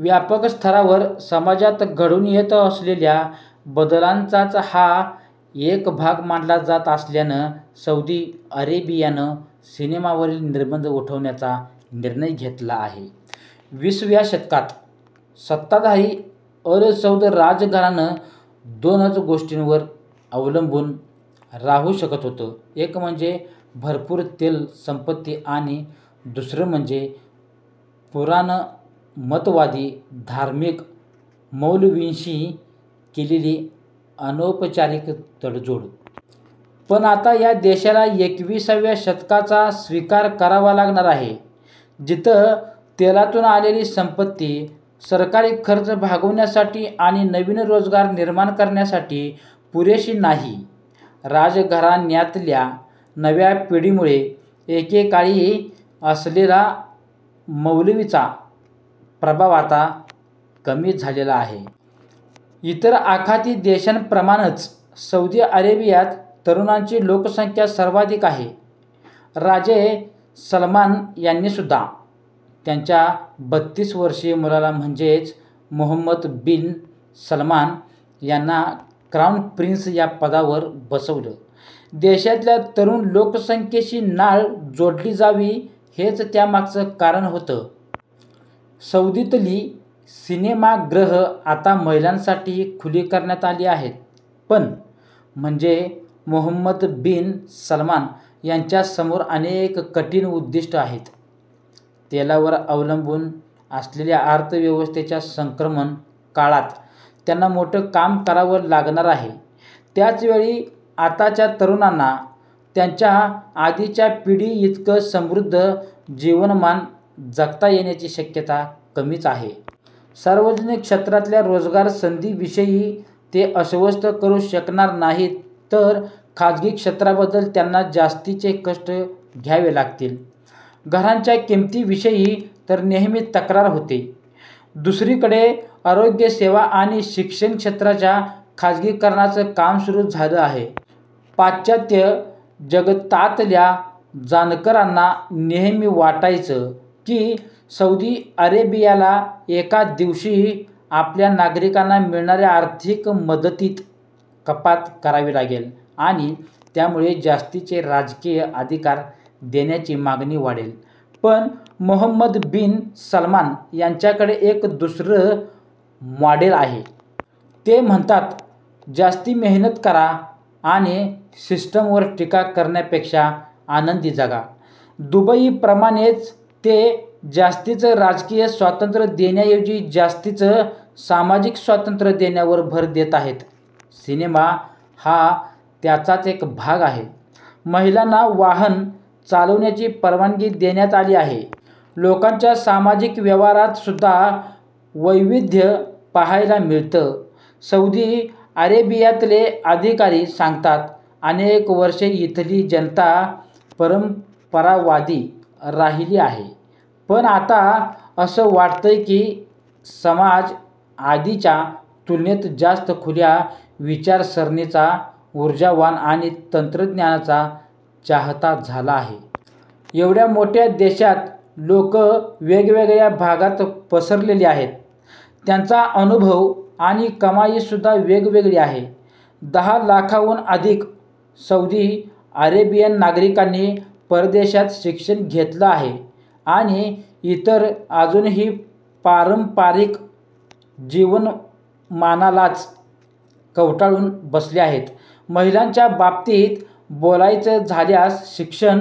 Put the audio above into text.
व्यापक स्तरावर समाजात घडून येत असलेल्या बदलांचाच हा एक भाग मानला जात असल्यानं सौदी अरेबियानं सिनेमावरील निर्बंध उठवण्याचा निर्णय घेतला आहे. वीस व्या शतकात सत्ताधारी अल सौद राजघराणं दोनच गोष्टींवर अवलंबून राहू शकत होतं, एक म्हणजे भरपूर तेल संपत्ती आणि दुसरं म्हणजे पुराणमतवादी धार्मिक मौलवींशी केलेली अनौपचारिक तडजोड. पण आता या देशाला एकवीस व्या शतकाचा स्वीकार करावा लागणार आहे. जिथं तेलातून आलेली संपत्ती सरकारी खर्च भागवण्यासाठी आणि नवीन रोजगार निर्माण करण्यासाठी पुरेशी नाही. राजघराण्यातल्या नव्या पिढीमुळे एकेकाळी असलेला मौलवींचा प्रभाव आता कमी झालेला आहे. इतर आखाती देशांप्रमाणंच सौदी अरेबियात तरुणांची लोकसंख्या सर्वाधिक आहे. राजे सलमान यांनीसुद्धा त्यांच्या बतीस वर्षीय मुलाला म्हणजेच मोहम्मद बिन सलमान यांना क्राऊन प्रिंस या पदावर बसवलं. देशातल्या तरुण लोकसंख्येशी नाळ जोडली जावी हेच त्यामागचं कारण होतं. सौदीतली सिनेमागृह आता महिलांसाठीही खुली करण्यात आली आहेत. पण म्हणजे मोहम्मद बिन सलमान यांच्यासमोर अनेक कठीण उद्दीष्ट आहेत. तेलावर अवलंबून असलेल्या अर्थव्यवस्थेच्या संक्रमण काळत त्यांना मोठं काम करावं लागणार आहे. त्याचवेळी आताच्या तरुणांना त्यांच्या आधीच्या पिढीइतकं समृद्ध जीवनमान जगता येण्याची शक्यता कमीच आहे. सार्वजनिक क्षेत्रातल्या रोजगार संधीविषयी ते आश्वस्त करू शकणार नाहीत तर खाजगी क्षेत्राबद्दल त्यांना जास्तीचे कष्ट घ्यावे लागतील. घरांच्या किंमतीविषयी तर नेहमी तक्रार होते. दुसरीकडे आरोग्यसेवा आणि शिक्षण क्षेत्राच्या खाजगीकरणाचं काम सुरू झालं आहे. पाश्चात्य जगतातल्या जाणकारांना नेहमी वाटायचं की सौदी अरेबियाला एका दिवशी आपल्या नागरीकांना मिळणाऱ्या आर्थिक मदतीत कपात करावी लागेल आणि त्यामुळे जास्तीचे राजकीय अधिकार देण्याची मागणी वाढेल. पण मोहम्मद बिन सलमान यांच्याकडे एक दूसर मॉडेल आहे. ते म्हणतात जास्ती मेहनत करा आणि सिस्टमवर टीका करण्यापेक्षा आनंदी जगा. दूबईप्रमाणेच ते जास्तीचं राजकीय स्वातंत्र्य देण्याऐवजी जास्तीचं सामाजिक स्वातंत्र्य देण्यावर भर देत आहेत. सिनेमा हा त्याचाच एक भाग आहे. महिलांना वाहन चालवण्याची परवानगी देण्यात आली आहे. लोकांच्या सामाजिक व्यवहारात सुद्धा वैविध्य पाहायला मिळतं. सौदी अरेबियातले अधिकारी सांगतात अनेक वर्षं इथली जनता परंपरावादी राहीली आहे, पण आता असं वाटतंय की समाज आधीच्या तुलनेत जास्त खुल्या विचारसरणीचा, उर्जावान आणि तंत्रज्ञानाचा चाहता झाला आहे. एवढ्या मोठ्या देशात लोक वेगवेगळ्या भागात पसरलेले आहेत. त्यांचा अनुभव आणि कमाईसुद्धा वेगवेगळी आहे. दहा लाखांहून अधिक सौदी अरेबियन नागरिकांनी परदेशात शिक्षण घेतलं आहे आणि इतर अजूनही पारंपारिक जीवनमानालाच कवटाळून बसले आहेत. महिलांच्या बाबतीत बोलायचं झाल्यास शिक्षण